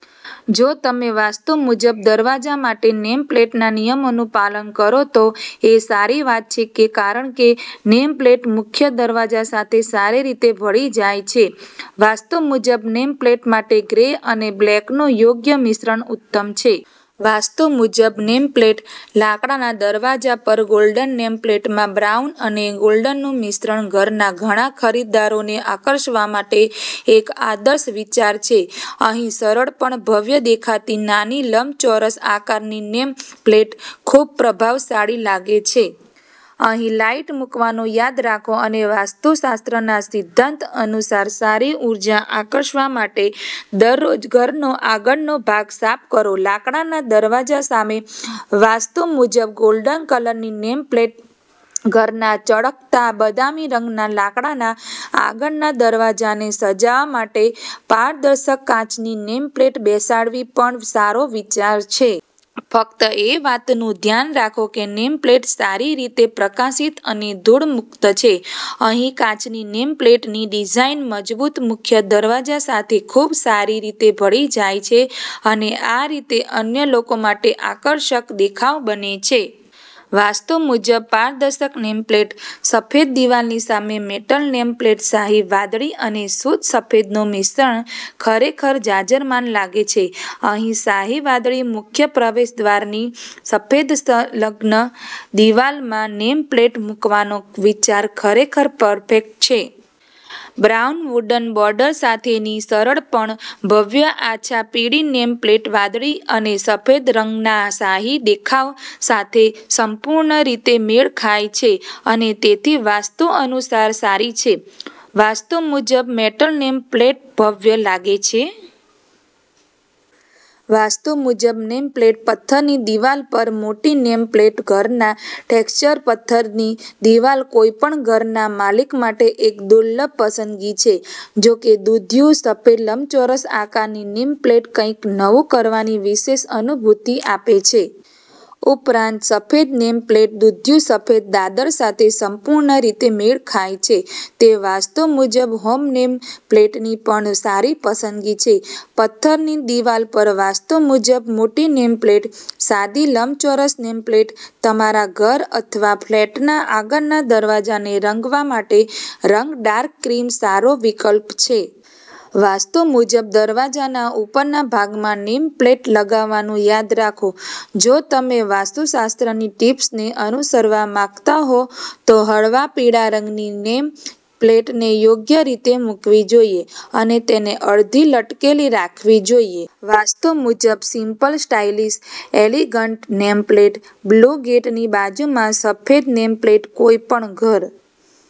જો તમે વાસ્તુ મુજબ દરવાજા માટે નેમ પ્લેટના નિયમોનું પાલન કરો તો એ સારી વાત છે કે કારણ કે નેમપ્લેટ મુખ્ય દરવાજા સાથે સારી રીતે ભળી જાય છે. વાસ્તુ મુજબ નેમ પ્લેટ માટે ગ્રે અને બ્લેકનું યોગ્ય મિશ્રણ ઉત્તમ છે. વાસ્તુ મુજબ નેમ પ્લેટઃ લાકડાના દરવાજા પર ગોલ્ડન નેમ પ્લેટમાં બ્રાઉન અને ગોલ્ડનનું મિશ્રણ ઘરના ઘણા ખરીદદારોને આકર્ષવા માટે એક આદર્શ વિચાર છે. અહીં સરળ પણ ભવ્ય દેખાતી નાની લંબચોરસ આકારની નેમ પ્લેટ ખૂબ પ્રભાવશાળી લાગે છે. અહીં લાઇટ મૂકવાનું યાદ રાખો અને વાસ્તુશાસ્ત્રના સિદ્ધાંત અનુસાર સારી ઉર્જા આકર્ષવા માટે દરરોજ ઘરનો આગળનો ભાગ સાફ કરો. લાકડાના દરવાજા સામે વાસ્તુ મુજબ ગોલ્ડન કલરની નેમ પ્લેટ: ઘરના ચળકતા બદામી રંગના લાકડાના આગળના દરવાજાને સજાવવા માટે પારદર્શક કાચની નેમ પ્લેટ બેસાડવી પણ સારો વિચાર છે. ફક્ત એ વાતનું ધ્યાન રાખો કે નેમપ્લેટ સારી રીતે પ્રકાશિત અને ધૂળ મુક્ત છે. અહીં કાચની નેમ પ્લેટની ડિઝાઇન મજબૂત મુખ્ય દરવાજા સાથે ખૂબ સારી રીતે ભળી જાય છે અને આ રીતે અન્ય લોકો માટે આકર્ષક દેખાવ બને છે. વાસ્તુ મુજબ પારદર્શક નેમ પ્લેટ: સફેદ દિવાલની સામે મેટલ નેમ પ્લેટ શાહી વાદળી અને શુદ્ધ સફેદનું મિશ્રણ ખરેખર જાજરમાન લાગે છે. અહીં શાહી વાદળી મુખ્ય પ્રવેશદ્વારની સફેદ સંલગ્ન દિવાલમાં નેમ પ્લેટ મૂકવાનો વિચાર ખરેખર પરફેક્ટ છે. બ્રાઉન વુડન બોર્ડર સાથેની સરળ પણ ભવ્ય આછા પીળી નેમ પ્લેટ વાદળી અને સફેદ રંગનાશાહી દેખાવ સાથે સંપૂર્ણ રીતે મેળ ખાય છે અને તેથી વાસ્તુ અનુસાર સારી છે. વાસ્તુ મુજબ મેટલ નેમ પ્લેટ ભવ્ય લાગે છે! વાસ્તુ મુજબ નેમ પ્લેટઃ પથ્થરની દિવાલ પર મોટી નેમ પ્લેટ ઘરના ટેક્ષ્ચર પથ્થરની દિવાલ કોઈપણ ઘરના માલિક માટે એક દુર્લભ પસંદગી છે. જો કે, દૂધિયું સફેદ લંબચોરસ આકારની નેમ પ્લેટ કંઈક નવું કરવાની વિશેષ અનુભૂતિ આપે છે. ઉપરાંત, સફેદ નેમ પ્લેટ દૂધિયું સફેદ દાદર સાથે સંપૂર્ણ રીતે મેળ ખાય છે. તે વાસ્તુ મુજબ હોમ નેમ પ્લેટની પણ સારી પસંદગી છે. પથ્થરની દિવાલ પર વાસ્તુ મુજબ મોટી નેમ પ્લેટ: સાદી લંબચોરસ નેમ પ્લેટ તમારા ઘર અથવા ફ્લેટના આગળના દરવાજાને રંગવા માટે રંગ ડાર્ક ક્રીમ સારો વિકલ્પ છે. વાસ્તુ મુજબ દરવાજાના ઉપરના ભાગમાં નેમ પ્લેટ લગાવવાનું યાદ રાખો. જો તમે વાસ્તુશાસ્ત્રની ટીપ્સને અનુસરવા માંગતા હો તો હળવા પીળા રંગની નેમ પ્લેટને યોગ્ય રીતે મૂકવી જોઈએ અને તેને અડધી લટકેલી રાખવી જોઈએ. વાસ્તુ મુજબ સિમ્પલ-સ્ટાઈલિશ-એલિગન્ટ નેમ પ્લેટ: બ્લુ ગેટની બાજુમાં સફેદ નેમ પ્લેટ કોઈપણ ઘર